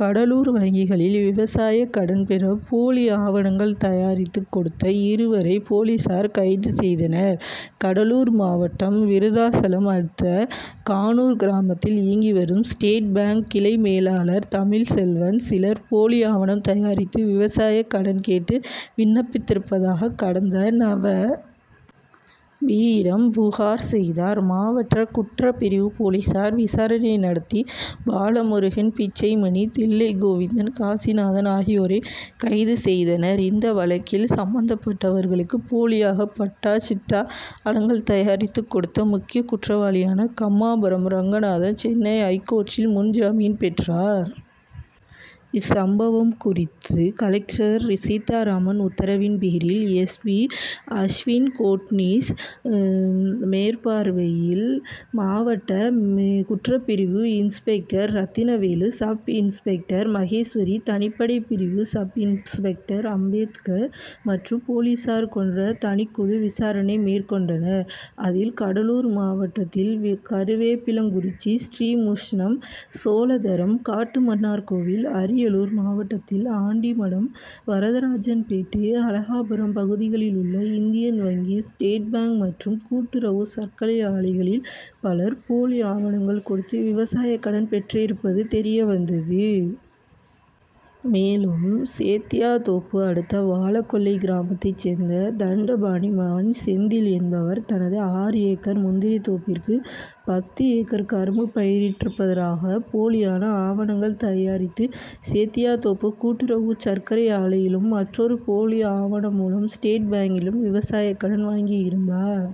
கடலூர் வங்கிகளில் விவசாய கடன் பெற போலி ஆவணங்கள் தயாரித்து கொடுத்த இருவரை போலீசார் கைது செய்தனர். கடலூர் மாவட்டம் விருத்தாசலம் அடுத்த கானூர் கிராமத்தில் இயங்கி வரும் ஸ்டேட் பாங்க் கிளை மேலாளர் தமிழ்ச்செல்வன், சிலர் போலி ஆவணம் தயாரித்து விவசாய கடன் கேட்டு விண்ணப்பித்திருப்பதாக கடந்த நவ. பி.,யிடம் புகார் செய்தார். மாவட்ட குற்றப் பிரிவு போலீசார் விசாரணை நடத்தி பாலமுருகன், பிச்சைமணி, தில்லைகோவிந்தன், காசிநாதன் ஆகியோரை கைது செய்தனர். இந்த வழக்கில் சம்மந் தப்பட்டவர்களுக்கு போலியாக பட்டா, சிட்டா, அடங்கல் தயாரித்து கொடுத்த முக்கிய குற்றவாளியான கம்மாபுரம் ரங்கநாதன் சென்னை ஐகோர்ட்டில் முன்ஜாமீன் பெற்றார். இச்சம்பவம் குறித்து கலெக்டர் சீத்தாராமன் உத்தரவின் பேரில், எஸ். பி., அஷ்வின் கோட்னீஸ் மேற்பார்வையில், மாவட்ட குற்றப்பிரிவு inspector Rathinavelu, sub inspector Maheswari, தனிப்படை பிரிவு சப் இன்ஸ் பெக்டர் அம்பேத்கர் மற்றும் போலீசார் கொண்ட தனிக்குழு விசாரணை மேற்கொண்டனர். அதில், கடலூர் மாவட்டத் தில் கருவேப்பிலங்குறிச்சி, ஸ்ரீமுஷ்ணம், சோழதரம், காட்டுமன்னார்கோவில், அரியலூர் மாவட்டத்தில் ஆண்டிமடம், வரதராஜன்பேட்டை, அழகாபுரம் பகுதிகளில் உள்ள இந்தியன் வங்கி, ஸ்டேட் பாங்க் மற்றும் கூட்டுறவு சர்க்கரை ஆலைகளில் பலர் போலி ஆவணங்கள் கொடுத்து விவசாய கடன் பெற்றிருப்பது தெரியவந்தது. மேலும், சேத்தியாத்தோப்பு அடுத்த வாழக்கொல்லை கிராமத்தைச் சேர்ந்த தண்டபாணி மகன் செந்தில் என்பவர் தனது ஆறு ஏக்கர் முந்திரி தோப்பிற்கு பத்து ஏக்கர் கரும்பு பயிரிட்டிருப்பதாக போலியாக ஆவணங்கள் தயாரித்து சேத்தியாத்தோப்பு கூட்டுறவு சர்க் கரை ஆலையிலும், மற்றொரு போலி ஆவணம் மூலம் ஸ்டேட் பாங்கிலும் விவசாய கடன் வாங்கியிருந்தார்.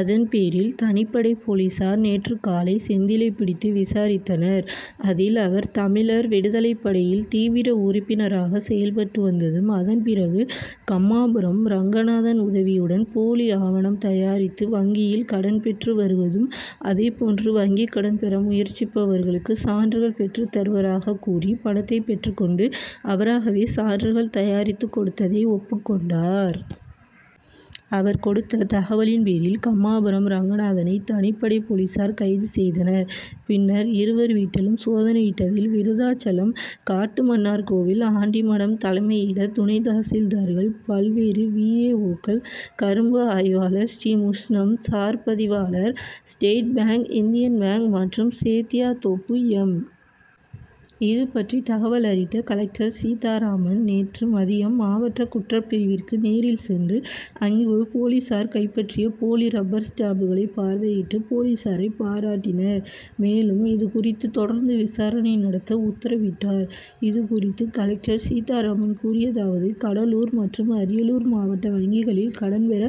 அதன்பேரில் தனிப்படை போலீசார், நேற்று காலை செந்திலை பிடித்து விசாரித்தனர். அதில் அவர் தமிழர் விடுதலை படையில் தீவிர உறுப்பினராக செயல்பட்டு வந்ததும், அதன்பிறகு கம்மாபுரம் ரங்கநாதன் உதவியுடன் போலி ஆவணம் தயாரித்து வங்கியில் கடன் பெற்று வருவதும், அதேபோன்று வங்கி கடன் பெற முயற்சிப்பவர்களுக்கு சான்றுகள் பெற்றுத் தருவதாக கூறி பணத்தை பெற்றுக் கொண்டு அவராகவே சான்றுகள் தயாரித்து கொடுத்ததை ஒப்புக் கொண்டார். அவர் கொடுத்த தகவலின் பேரில் கம்மாபுரம் ரங்கநாதனை தனிப்படை போலீசார் கைது செய்தனர். பின்னர் இருவர் வீட்டிலும் சோதனையிட்டதில் விருத்தாசலம், காட்டுமன்னார்கோவில், ஆண்டிமடம் தலைமையிட துணை தாசில்தார்கள், பல்வேறு வி. ஏ. ஓ.,க்கள், கரும்பு ஆய்வாளர், ஸ்ரீமுஷ்ணம் சார்பதிவாளர், ஸ்டேட் பாங்க், இந்தியன் பாங்க் மற்றும் சேத்தியாத்தோப்பு எம். இதுபற்றி தகவலறிந்த கலெக்டர் சீத்தாராமன், நேற்று மதியம் மாவட்ட குற்றப் பிரிவிற்கு நேரில் சென்று அங்கு போலீசார் கைப்பற்றிய போலி ரப்பர் ஸ்டாம்புகளை பார்வையிட்டு போலீசாரை பாராட்டினார். மேலும், இதுகுறித்து தொடர்ந்து விசாரணை நடத்த உத்தரவிட்டார். இது குறித்து கலெக்டர் சீத்தாராமன் கூறியதாவது கடலூர் மற்றும் அரியலூர் மாவட்ட வங்கிகளில் கடன் பெற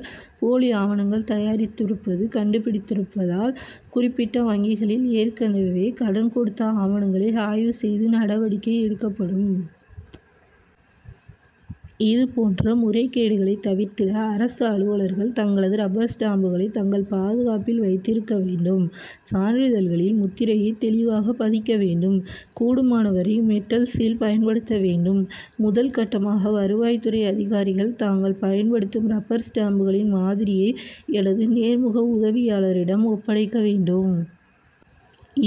போலி ஆவணங்கள் தயாரித்திருப்பது கண்டுபிடித்திருப்பதால், குறிப்பிட்ட வங்கிகளில் ஏற்கனவே கடன் கொடுத்த ஆவணங்கள் ஆய்வு செய்து நடவடிக்கை எடுக்கப்படும். இதுபோன்ற முறைகேடுகளை தவிர்த்திட அரசு அலுவலர்கள் தங்களது ரப்பர் ஸ்டாம் புகளை தங்கள் பாதுகாப்பில் வைத்திருக்க வேண்டும். சான்றிதழ்களில் முத்திரையை தெளிவாக பதிக்க வேண்டும். கூடுமானவரை மெட்டல் சீல்' பயன்படுத்த வேண்டும். முதல்கட்டமாக வருவாய்த் துறை அதிகாரிகள் தாங்கள் பயன்படுத்தும் ரப்பர் ஸ்டாம்புகளின் மாதிரியை எனது நேர் முக உதவியாளரிடம் ஒப்படைக்க வேண்டும்.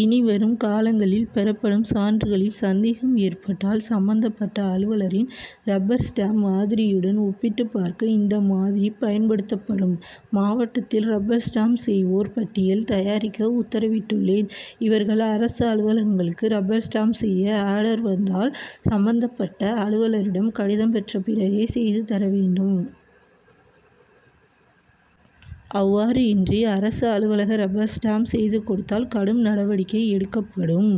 இனி வரும் காலங்களில் பெறப்படும் சான்றுகளில் சந்தேகம் ஏற்பட்டால் சம்மந்தப்பட்ட அலுவலரின் ரப்பர் ஸ்டாம்ப் மாதிரியுடன் ஒப்பிட்டு பார்க்க இந்த மாதிரி பயன்படுத்தப்படும். மாவட்டத்தில் ரப்பர் ஸ்டாம்ப் செய்வோர் பட்டியல் தயாரிக்க உத்தரவிட்டுள்ளேன். இவர்கள் அரசு அலுவலகங்களுக்கு ரப்பர் ஸ்டாம்ப் செய்ய ஆர்டர் வந்தால், சம்மந்தப் பட்ட அலுவலரிடம் கடிதம் பெற்ற பிறகே செய்து தர வேண்டும். அவ்வாறு இன்றி அரசு அலுவலக ரப்பர் ஸ்டாம்ப் செய்து கொடுத்தால் கடும் நடவடிக்கை எடுக்கப்படும்.